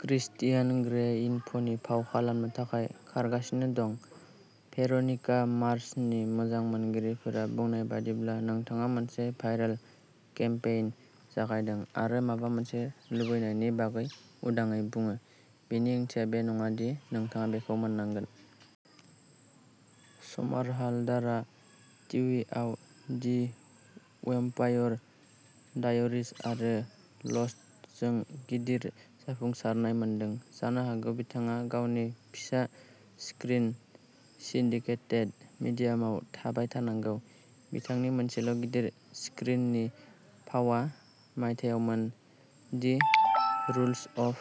Cristiano Grey इनफनि फाव खालामनो थाखाय खारगासिनो दं। भेर'निका मार्सनि मोजां मोनगिरिफोरा बुंनाय बादिब्ला नोंथाङा मोनसे भाइरेल केम्पेइन जागायदों आरो माबा मोनसे लुबैनायनि बागै उदाङै बुङो। बेनि ओंथिया बे नङा दि नोंथाङा बेखौ मोननांगोन। समारहाल्डारआ टीवीआव दि वेम्पायर डायरीज आरो लस्टजों गिदिर जाफुंसारनाय मोनदों। जानो हागौ बिथाङा गावनि फिसा स्क्रिन सिन्डिकेटेड मिडियामाव थाबाय थानांगौ। बिथांनि मोनसेल' गिदिर स्क्रिननि फावआ मायथाइयावमोन। The rules of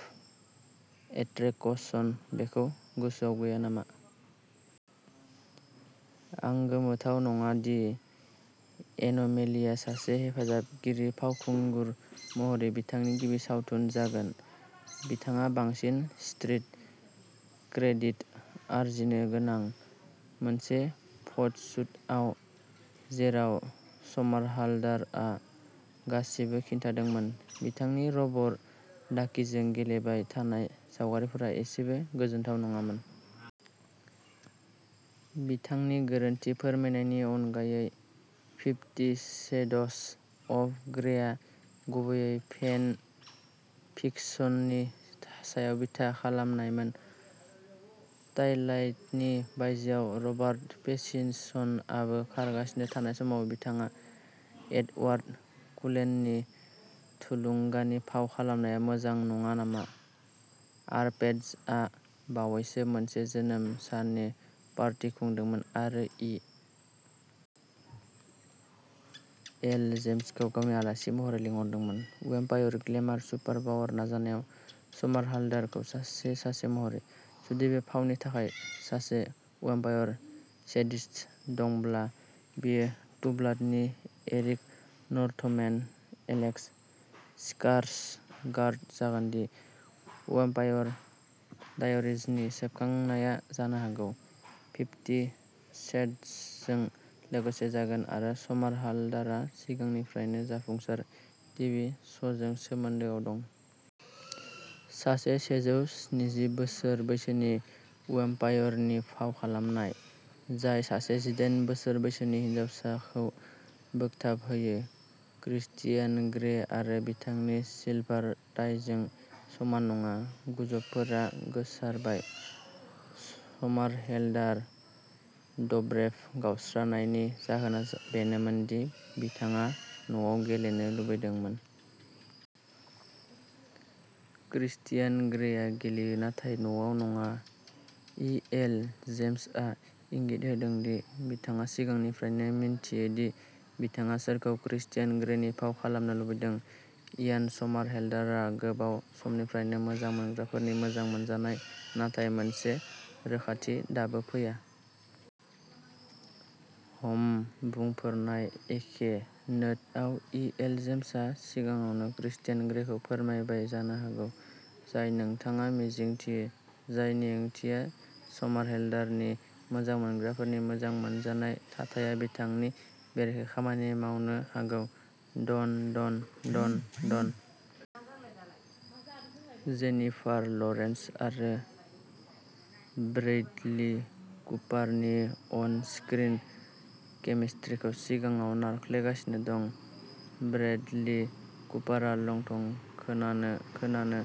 attraction. बेखौ गोसोआव गैया नामा? आं गोमोथाव नङा। दि एन'मेलिआ सासे हेफाजाबगिरि फावखुंगुर महरै बिथांनि गिबि सावथुन जागोन। बिथाङा बांसिन स्ट्रीट क्रेडिट आरजिनो गोनां। मोनसे फटसुटआव जेराव समारहालडारआ गासिबो खिन्थादोंमोन। बिथांनि रबर डाकीजों गेलेबाय थानाय सावगारिफोरा एसेबो गोजोनथाव नङामोन। बिथांनि गोरोन्थि फोरमायनायनि अनगायै। फिफ्टी सेडस अफ ग्रेआ गुबैयै फेन फिक्शननि सायाव बिथा खालामनायमोन। टाइलाइटनि बायजोआव रबार्ट पेटिनसनआबो खारगासिनो थानाय समाव बिथाङा एडवार्ड कुलेननि थुलुंगानि फाव खालामनाया मोजां नङा नामा? आरपेटजआ बावैसो मोनसे जोनोम साननि पार्टी खुंदोंमोन आरो इ. एल. जेम्सखौ गावनि आलासि महरै लिंहरदोंमोन। वेम्पायर ग्लेमार सुपार पावार नाजानायाव समारहालडारखौ सासे सासे महरै। जुदि बे फावनि थाखाय सासे वेम्पायर सेडिस्ट दंब्ला बेयो टुब्लाडनि एरिक नर्थमेन एलेक्स स्कार्सगार्ड जागोन। दि वेम्पायर डायरीजनि सेबखांनाया जानो हागौ फिफ्टी शेड्सजों लोगोसे जागोन आरो समारहालडारआ सिगांनिफ्रायनो जाफुंसार टिभि श'जों सोमोन्दोआव दं। सासे सेजौ स्निजि बोसोर बैसोनि वेम्पायरनि फाव खालामनाय। जाय सासे जिदाइन बोसोर बैसोनि हिनजावसाखौ बोगथाबहोयो। क्रिस्टियान ग्रे आरो बिथांनि सिलभार टाइजों समान नङा। गुजबफोरा गोसारबाय। समारहेलडार डब्रेभ गावस्रानायनि जाहोना बेनोमोन दि बिथाङा न'आव गेलेनो लुबैदोंमोन। क्रिस्टियान ग्रेआ गेलेयो नाथाय न'आव नङा। इ. एल. जेम्सआ इंगित होदों दि बिथाङा सिगांनिफ्रायनो मिन्थियो दि बिथाङा सोरखौ क्रिस्टियान ग्रेनि फाव खालामनो लुबैदों। इयान समारहेलडारआ गोबाव समनिफ्रायनो मोजां मोनग्राफोरनि मोजां मोनजानाय नाथाय मोनसे रोखाथि दाबो फैया। हम बुंफोरनाय एखे नोटआव इ. एल. जेम्सआ सिगाङावनो क्रिसियान ग्रेखौ फोरमायबाय जानो हागौ जाय नोंथाङा मिजिंथियो। जायनि ओंथिया समारहेलडारनि मोजां मोनग्राफोरनि मोजां मोनजानाय थाथाया बिथांनि बेरेखायै खामानि मावनो हागौ। डन. डन. डन. डन. जेनिफार लरेन्स आरो ब्रैडली कुपारनि अन स्क्रिन केमिस्ट्रिखौ सिगाङाव नारख्लायगासिनो दं। ब्रैडली कुपारआ लंथं खोनानो खोनानो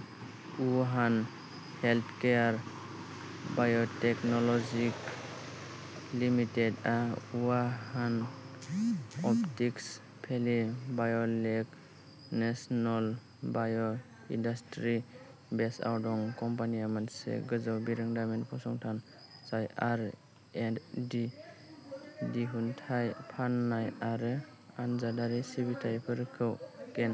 वुहान हेल्थकेयार बाय'टेकन'ल'जि क'। लिमिटेडआ वुहान अपटिक्स भेलि बाय' लेक नेशनल बाय' इन्डास्ट्रि बेसआव दं। कम्पानिया मोनसे गोजौ बिरोंदामिन फसंथान जाय आर. एन्ड. डि., दिहुनथाय फाननाय आरो आनजादारि सिबिथाइफोरखौ केन